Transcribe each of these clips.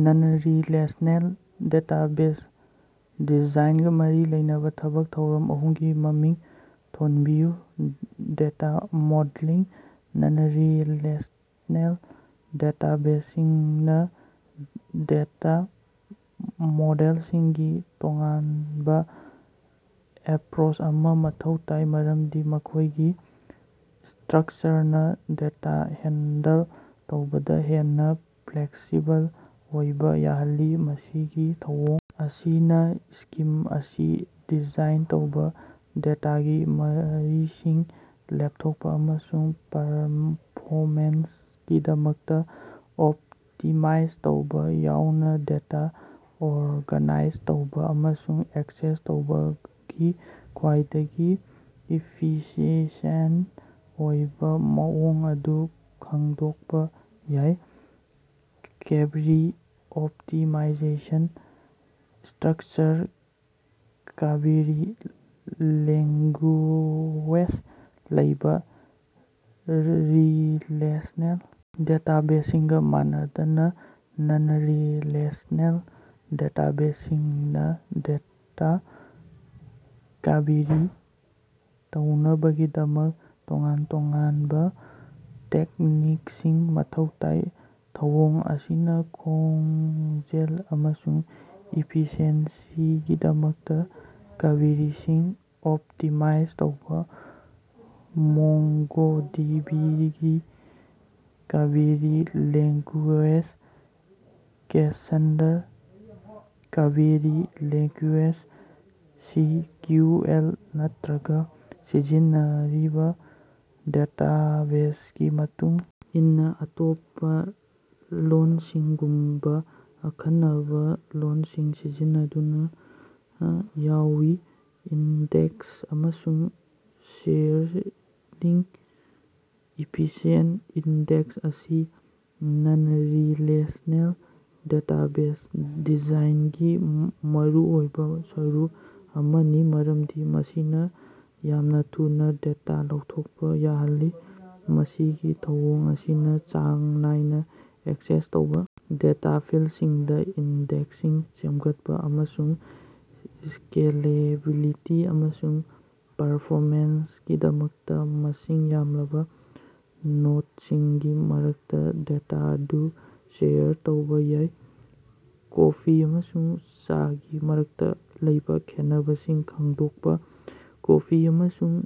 Non-relational database ꯗꯤꯖꯥꯏꯟꯒ ꯃꯔꯤ ꯂꯩꯅꯕ ꯊꯕꯛ ꯊꯧꯔꯝ ꯑꯍꯨꯝꯒꯤ ꯃꯃꯤꯡ ꯊꯣꯟꯕꯤꯌꯨ꯫ ꯗꯦꯇ ꯃꯣꯗꯦꯂꯤꯡ ꯅꯟꯔꯤꯂꯦꯁꯅꯦꯜ ꯗꯦꯇꯥꯕꯦꯖꯁꯤꯡꯅ ꯗꯦꯇ ꯃꯣꯗꯦꯂꯤꯡꯒꯤ ꯇꯣꯉꯥꯟꯕ ꯑꯦꯄꯔꯣꯁ ꯑꯃ ꯃꯊꯧ ꯇꯥꯏ ꯃꯔꯝꯗꯤ ꯃꯈꯣꯏꯒꯤ ꯁꯇꯔꯛꯆꯔꯅ ꯗꯦꯇ ꯍꯦꯟꯗꯜ ꯇꯧꯕꯗ ꯍꯦꯟꯅ ꯐꯂꯦꯛꯁꯤꯕꯜ ꯑꯣꯏꯕ ꯌꯥꯍꯜꯂꯤ꯫ ꯃꯁꯤꯒꯤ ꯊꯧꯑꯣꯡ ꯑꯁꯤꯅ ꯁꯀꯤꯝ ꯑꯁꯤ ꯗꯤꯖꯥꯏꯟ ꯇꯧꯕ ꯗꯦꯇꯥꯒꯤ ꯃꯔꯤꯁꯤꯡ ꯂꯦꯞꯊꯣꯛꯄ ꯑꯃꯁꯨꯡ ꯄꯔꯐꯣꯃꯦꯟꯁꯀꯤꯗꯃꯛꯇ ꯑꯣꯞꯇꯤꯃꯥꯏꯖ ꯇꯧꯕ ꯌꯥꯎꯅ ꯗꯦꯇ ꯑꯣꯔꯒꯥꯅꯥꯏꯖ ꯇꯧꯕ ꯑꯃꯁꯨꯡ ꯑꯦꯛꯁꯦꯁ ꯇꯧꯕꯒꯤ ꯈ꯭ꯋꯥꯏꯗꯒꯤ ꯏꯐꯤꯁꯤꯑꯦꯟ ꯑꯣꯏꯕ ꯃꯑꯣꯡ ꯑꯗꯨ ꯈꯪꯗꯣꯛꯄ ꯌꯥꯏ꯫ Query optimisation structural query language ꯂꯩꯕ ꯔꯤꯂꯦꯁꯅꯦꯜ ꯗꯦꯇꯥꯕꯦꯖꯁꯤꯡꯒ ꯃꯥꯟꯅꯗꯅ ꯅꯟꯔꯤꯂꯦꯁꯅꯦꯜ ꯗꯦꯇꯥꯕꯦꯖꯁꯤꯡꯅ ꯗꯦꯇ ꯀꯕꯦꯔꯤ ꯇꯧꯅꯕꯒꯤꯗꯃꯛ ꯇꯣꯉꯥꯟ ꯇꯣꯉꯥꯅꯕ ꯇꯦꯛꯅꯤꯛꯁꯤꯡ ꯃꯊꯧ ꯇꯥꯏ꯫ ꯊꯧꯑꯣꯡ ꯑꯁꯤꯅ ꯈꯣꯡꯖꯦꯜ ꯑꯃꯁꯨꯡ ꯏꯐꯤꯁꯤꯑꯦꯟꯁꯤꯒꯤꯗꯃꯛꯇ ꯀꯕꯦꯔꯤꯁꯤꯡ ꯑꯣꯞꯇꯤꯃꯥꯏꯖ ꯇꯧꯕ ꯃꯣꯡꯒꯣꯗꯤꯕꯤꯒꯤ query language Cassandra query language C Q L ꯅꯠꯇ꯭ꯔꯒ ꯁꯤꯖꯤꯟꯅꯔꯤꯕ ꯗꯦꯇꯥꯕꯦꯖꯒꯤ ꯃꯇꯨꯡ ꯏꯟꯅ ꯑꯇꯣꯞꯄ ꯂꯣꯟꯁꯤꯡꯒꯨꯝꯕ ꯑꯈꯟꯅꯕ ꯂꯣꯟꯁꯤꯡ ꯁꯤꯖꯤꯟꯅꯗꯨꯅ ꯌꯥꯎꯏ꯫ ꯏꯟꯗꯦꯛꯁ ꯑꯃꯁꯨꯡ ꯁꯦꯌꯔꯗꯤꯡ ꯏꯐꯤꯁꯤꯑꯦꯟ ꯏꯟꯗꯦꯛꯁ ꯑꯁꯤ ꯅꯟꯔꯤꯂꯦꯁꯅꯦꯜ ꯗꯦꯇꯥꯕꯦꯖ ꯗꯤꯖꯥꯏꯟꯒꯤ ꯃꯔꯨꯑꯣꯏꯕ ꯁꯔꯨꯛ ꯑꯃꯅꯤ ꯃꯔꯝꯗꯤ ꯃꯁꯤꯅ ꯌꯥꯝꯅ ꯊꯨꯅ ꯗꯦꯇ ꯂꯧꯊꯣꯛꯄ ꯌꯥꯍꯜꯂꯤ꯫ ꯃꯁꯤꯒꯤ ꯊꯧꯑꯣꯡ ꯑꯁꯤꯅ ꯆꯥꯡ ꯅꯥꯏꯅ ꯑꯦꯛꯁꯦꯁ ꯇꯧꯕ ꯗꯦꯇ ꯐꯤꯜꯁꯤꯡꯗ ꯏꯟꯗꯦꯛꯁꯤꯡ ꯁꯦꯝꯒꯠꯄ ꯑꯃꯁꯨꯡ ꯁꯀꯦꯂꯦꯕꯤꯂꯤꯇꯤ ꯑꯃꯁꯨꯡ ꯄꯔꯐꯣꯃꯦꯟꯁꯀꯤꯗꯃꯛꯇ ꯃꯁꯤꯡ ꯌꯥꯝꯂꯕ ꯅꯣꯠꯁꯤꯡꯒꯤ ꯃꯔꯛꯇ ꯗꯦꯇ ꯑꯗꯨ ꯁꯦꯌꯔ ꯇꯧꯕ ꯌꯥꯎꯏ꯫ ꯀꯣꯐꯤ ꯑꯃꯁꯨꯡ ꯆꯥꯒꯤ ꯃꯔꯛꯇ ꯂꯩꯕ ꯈꯦꯠꯅꯕꯁꯤꯡ ꯈꯪꯗꯣꯛꯄ꯫ ꯀꯣꯐꯤ ꯑꯃꯁꯨꯡ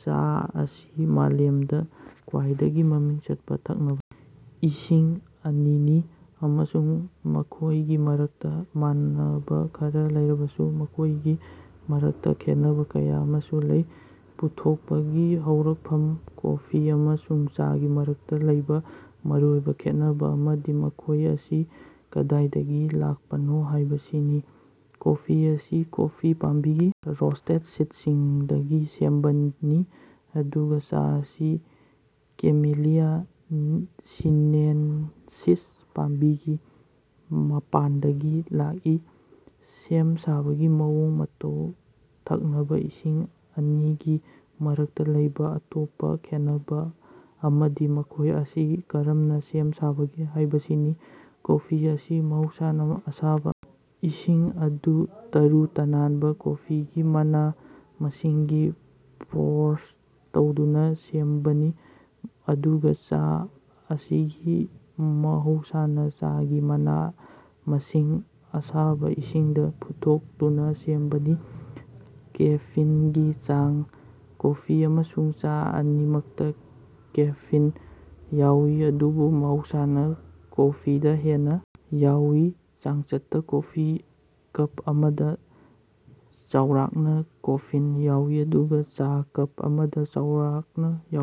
ꯆꯥ ꯑꯁꯤ ꯃꯥꯂꯦꯝꯗ ꯈ꯭ꯋꯥꯏꯗꯒꯤ ꯃꯃꯤꯡ ꯆꯠꯄ ꯊꯛꯅꯕ ꯏꯁꯤꯡ ꯑꯅꯤꯅꯤ ꯑꯃꯁꯨꯡ ꯃꯈꯣꯏꯒꯤ ꯃꯔꯛꯇ ꯃꯥꯟꯅꯕ ꯈꯔ ꯂꯩꯔꯕꯁꯨ ꯃꯈꯣꯏꯒꯤ ꯃꯔꯛꯇ ꯈꯦꯠꯅꯕ ꯀꯌꯥ ꯑꯃꯁꯨ ꯂꯩ꯫ ꯄꯨꯊꯣꯛꯄꯒꯤ ꯍꯧꯔꯛꯐꯝ ꯀꯣꯐꯤ ꯑꯃꯁꯨꯡ ꯆꯥꯒꯤ ꯃꯔꯛꯇ ꯂꯩꯕ ꯃꯔꯨꯑꯣꯏꯕ ꯈꯦꯠꯅꯕ ꯑꯃꯗꯤ ꯃꯈꯣꯏ ꯑꯁꯤ ꯀꯗꯥꯏꯗꯒꯤ ꯂꯥꯛꯄꯅꯣ ꯍꯥꯏꯕꯁꯤꯅꯤ꯫ ꯀꯣꯐꯤ ꯑꯁꯤ ꯀꯣꯐꯤ ꯄꯥꯝꯕꯤꯒꯤ ꯔꯣꯁꯇꯦꯠ ꯁꯤꯠꯁꯤꯡꯗꯒꯤ ꯁꯦꯝꯕꯅꯤ ꯑꯗꯨꯒ ꯆꯥ ꯑꯁꯤ ꯀꯦꯃꯦꯂꯤꯌꯥ ꯁꯤꯅꯦꯟꯁꯤꯁ ꯄꯥꯝꯕꯤꯒꯤ ꯃꯄꯥꯟꯗꯒꯤ ꯂꯥꯛꯏ꯫ ꯁꯦꯝ ꯁꯥꯕꯒꯤ ꯃꯑꯣꯡ ꯃꯇꯧ ꯊꯛꯅꯕ ꯏꯁꯤꯡ ꯑꯅꯤꯒꯤ ꯃꯔꯛꯇ ꯂꯩꯕ ꯑꯇꯣꯞꯄ ꯈꯦꯟꯅꯕ ꯑꯃꯗꯤ ꯃꯈꯣꯏ ꯑꯁꯤ ꯀꯔꯝꯅ ꯁꯦꯝ ꯁꯥꯕꯒꯦ ꯍꯥꯏꯕꯁꯤꯅꯤ꯫ ꯀꯣꯐꯤ ꯑꯁꯤ ꯃꯍꯧꯁꯥꯅ ꯑꯁꯥꯕ ꯏꯁꯤꯡ ꯑꯗꯨ ꯇꯔꯨ ꯇꯅꯥꯟꯕ ꯀꯣꯐꯤꯒꯤ ꯃꯅꯥ ꯃꯁꯤꯡꯒꯤ ꯐꯣꯔꯁ ꯇꯧꯗꯨꯅ ꯁꯦꯝꯕꯅꯤ ꯑꯗꯨꯒ ꯆꯥ ꯑꯁꯤꯗꯤ ꯃꯍꯧꯁꯥꯅ ꯆꯥꯒꯤ ꯃꯅꯥ ꯃꯁꯤꯡ ꯑꯁꯥꯕ ꯏꯁꯤꯡꯗ ꯐꯨꯠꯊꯣꯛꯇꯨꯅ ꯁꯦꯝꯕꯅꯤ꯫ ꯀꯦꯐꯤꯟꯒꯤ ꯆꯥꯡ ꯀꯣꯐꯤ ꯑꯃꯁꯨꯡ ꯆꯥ ꯑꯅꯤꯃꯛꯇ ꯀꯦꯐꯤꯟ ꯌꯥꯎꯏ ꯑꯗꯨꯕꯨ ꯃꯍꯧꯁꯥꯅ ꯀꯣꯐꯤꯗ ꯍꯦꯟꯅ ꯌꯥꯎꯏ꯫ ꯆꯥꯡꯆꯠꯇ ꯀꯣꯐꯤ ꯀꯞ ꯑꯃꯗ ꯆꯥꯎꯔꯥꯛꯅ ꯀꯦꯐꯤꯟ ꯌꯥꯎꯏ ꯑꯗꯨꯒ ꯆꯥ ꯀꯞ ꯑꯃꯗ ꯆꯥꯎꯔꯥꯛꯅ ꯌꯥꯎꯏ꯫